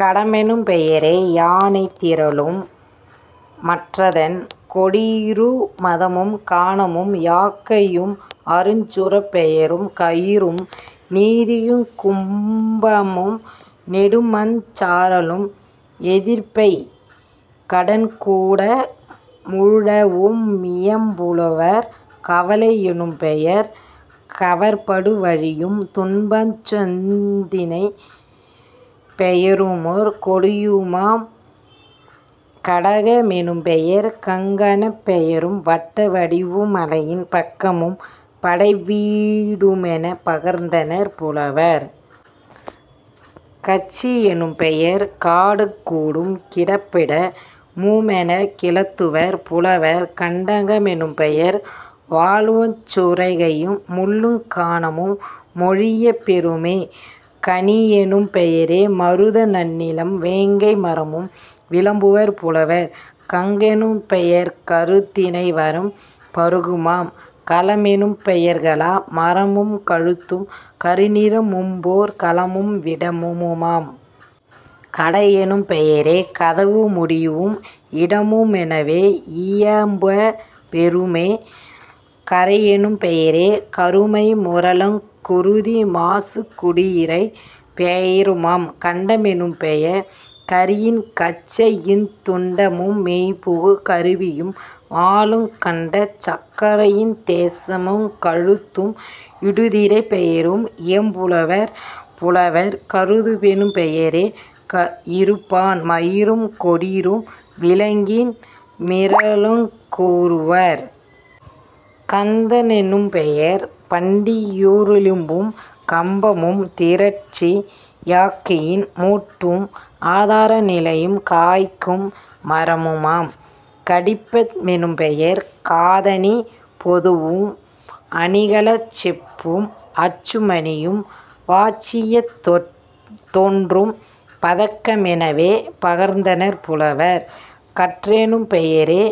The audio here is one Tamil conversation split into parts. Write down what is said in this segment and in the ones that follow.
கடமெனும் பெயரே யானைத் திரளும் மற்றதன் கொடிறு மதமும் கானமும் யாக்கை யும்அருஞ் சுரப்பெயருங் கயிறும் நீதியுங் கும்பமு நெடுமநச் சாரலும் எதிர்ப்பை கடன்குட முழவு மியம்புவர்..... கவலை யெனும்பெயர் கவர்படு வழியும் துன்பமுஞ் செந்தினைப் பெயருமோர் கொடியுமாம்..... கடக மெனும்பெயர் கங்கணப் பெயரும் வட்ட வடிவு மலையின் பக்கமும் படைவீ டுமெனப் பகர்ந்தனர் புலவர்..... கட்சி யெனும்பெயர் காடுங் கூடும் கிடப்பிட முமெனக் கிளத்துவர் புலவர்..... கண்டக மெனும்பெயர் வாளுஞ் சுரிகையும் முள்ளுங் கானமு மொழியப் பெறுமே..... கணியெனும் பெயரே மருத நன்னிலமும் வேங்கை மரமும் விளம்புவர் புலவர்..... கங்கெனும் பெயர்கருந் தினைவரம் பருகுமாம்..... களமெனும் பெயர்களா மரமுங் கழுத்தும் கருநிற மும்போர்க் களமும் விடமுமாம்..... கடையெனும் பெயரே கதவு முடிவும் இடமு மெனவே யியம்பப் பெறுமே..... கறையெனும் பெயரே கருமையு முரலுங்। குருதி மாசுங் குடியிறைப் பெயருமாம்..... கண்ட மெனும்பெயர் கரியின் கச்சையுந் துண்டமு மெய்புகு கருவியும் வாளுங் கண்ட சர்க்கரையுந் தேசமுங் கழுத்தும் இடுதிரைப் பெயரும் இயம்புவர் புலவர்..... கதுப்பெனும் பெயரே யிருபான் மயிரும் கொடிறும் விலங்கின் றிரளுங் கூறுவர்..... கந்தெனும் பெயரே பண்டி யுளிரும்பும் கம்பமும் திரட்சி யாக்கையின் மூட்டும் ஆதார நிலையும் காய்க்கு மரமுமாம்..... கடிப்ப மெனும்பெயர் காதணிப் பொதுவும் அணிகலச் செப்பும் அச்சு மணியும் வாச்சியத் தொன்றும் பதக்க மெனவே பகர்ந்தனர் புலவர்..... கன்றெனும் பெயரே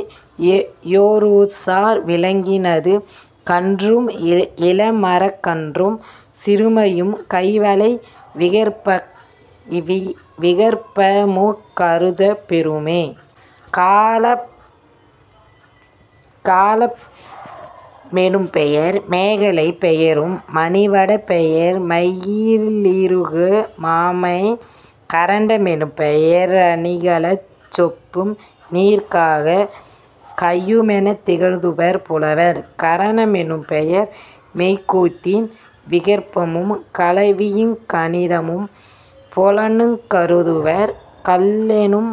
யொருசார் விலங்கினது கன்றும் இளமரக் கன்றும் சிறுமையும் கைவளை விகற்பமுங் கருதப் பெறுமே..... கலாப மெனும்பெயர் மேகலைப் பெயரும் மணிவடப் பெயரு மயிலிறகு மாமே..... கரண்ட மெனும்பெய ரணிகலச் செப்பும் நீர்க்காக் கையுமென நிகழ்த்துவர் புலவர்..... கரண மெனும்பெயர் மெய்க்கூத்தின் விகற்பமும் கலவியுங் கணிதமும் புலனுங் கருதுவர்..... கல்லெனும்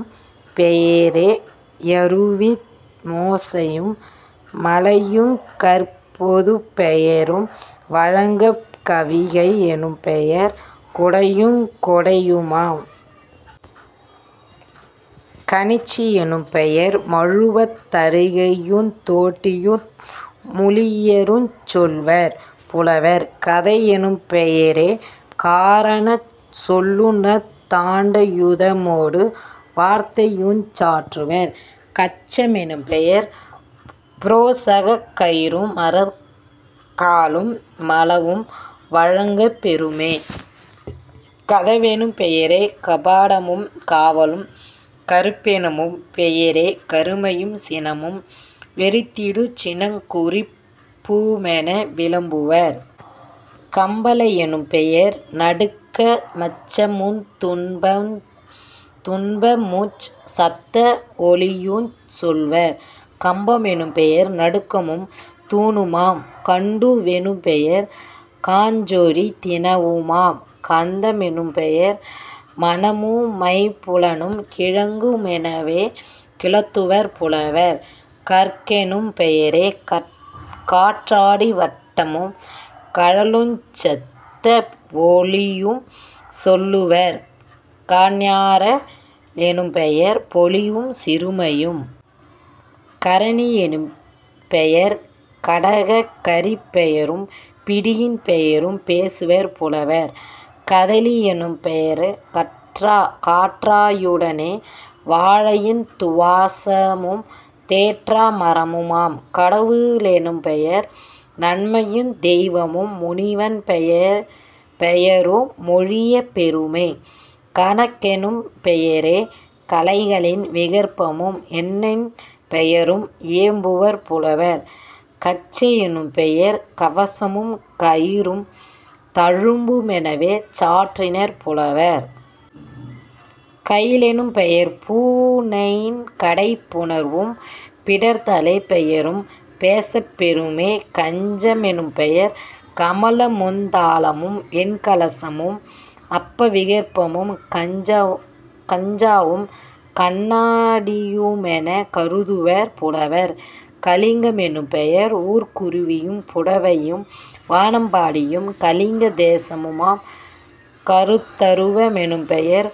பெயரே யருவியு மோசையும் மலையுங் கற்பொதுப் பெயரும் வழங்குப..... கவிகை யெனும்பெயர் குடையுங் கொடையுமாம்..... கணிச்சி யெனும்பெயர் மழுவுந் தறிகையுந் தோட்டியு முளியுஞ் சொல்லுவர் புலவர்..... கதையெனும் பெயரே காரணச் சொல்லுந் தண்டா யுதமொடு வார்த்தையுஞ் சாற்றுவர்..... கச்ச மெனும்பெயர் புரோசக் கயிறும் மரக்காலு மளவும் வழங்கப் பெறுமே..... கதவெனும் பெயரே கபாடமும் காவலும்..... கறுப்பெனும் பெயரே கருமையும் சினமும் வெறுத்திடு சினக்குறிப் புமென விளம்புவர்..... கம்பலை யெனும்பெயர் நடுக்கமு மச்சமுந் துன்பமுஞ் சத்த வொலியுஞ் சொல்லுவர்..... கம்பம் எனும்பெயர் நடுக்கமும் தூணுமாம்..... கண்டூ வெனும்பெயர் காஞ்சொறி தினவுமாம்..... கந்த மெனும்பெயர் மணமு மைம்புலனும் கிழங்கு மெனவே கிளத்துவர் புலவர்..... கறங்கெனும் பெயரே காற்றாடி வட்டமும் கழலுஞ் சத்த வொலியும் சொல்லுவர்..... கஞற லெனும்பெயர் பொலிவும் சிறுமையும்..... கரிணி யெனும்பெயர் கடகரிப் பெயரும் பிடியின் பெயரும் பேசுவர் புலவர்..... கதலி யெனும்பெயர் காற்றா டியுடனே வாழையுந் துவசமும் தேற்றா மரமுமாம்..... கடவு ளெனும்பெயர் நன்மையுந் தெய்வமும் முனிவன் பெயரு மொழியப் பெறுமே..... கணக்கெனும் பெயரே கலைகளின் விகற்பமும் எண்ணின் பெயரும் இயம்புவர் புலவர்..... கச்சை யெனும்பெயர் கவசமும் கயிறும் தழும்பு மெனவே சாற்றினர் புலவர்..... கயிலெனும் பெயர்பூ ணின்கடைப் புணர்வும் பிடர்த்தலை பெயரும் பேசப் பெறுமே.... கஞ்ச மெனும்பெயர் கமலமுந் தாளமும் வெண்கலசமும் அப்ப விகற்பமுங் கஞ்சாவும் கண்ணா டியுமெனக் கருதுவர் புலவர்..... கலிங்க மெனும்பெயர் ஊர்க்குருவியும் புடைவையும் வானம் பாடியும் கலிங்க தேசமுமாம்..... கந்தருவ மெனும்பெயர்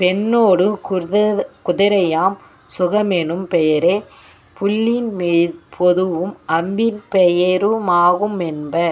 பெண்ணோடு குதிரையாம்..... சுகமெனும் பெயரே புள்ளின் பொதுவும் அம்பின் பெயரு மாகு மென்ப.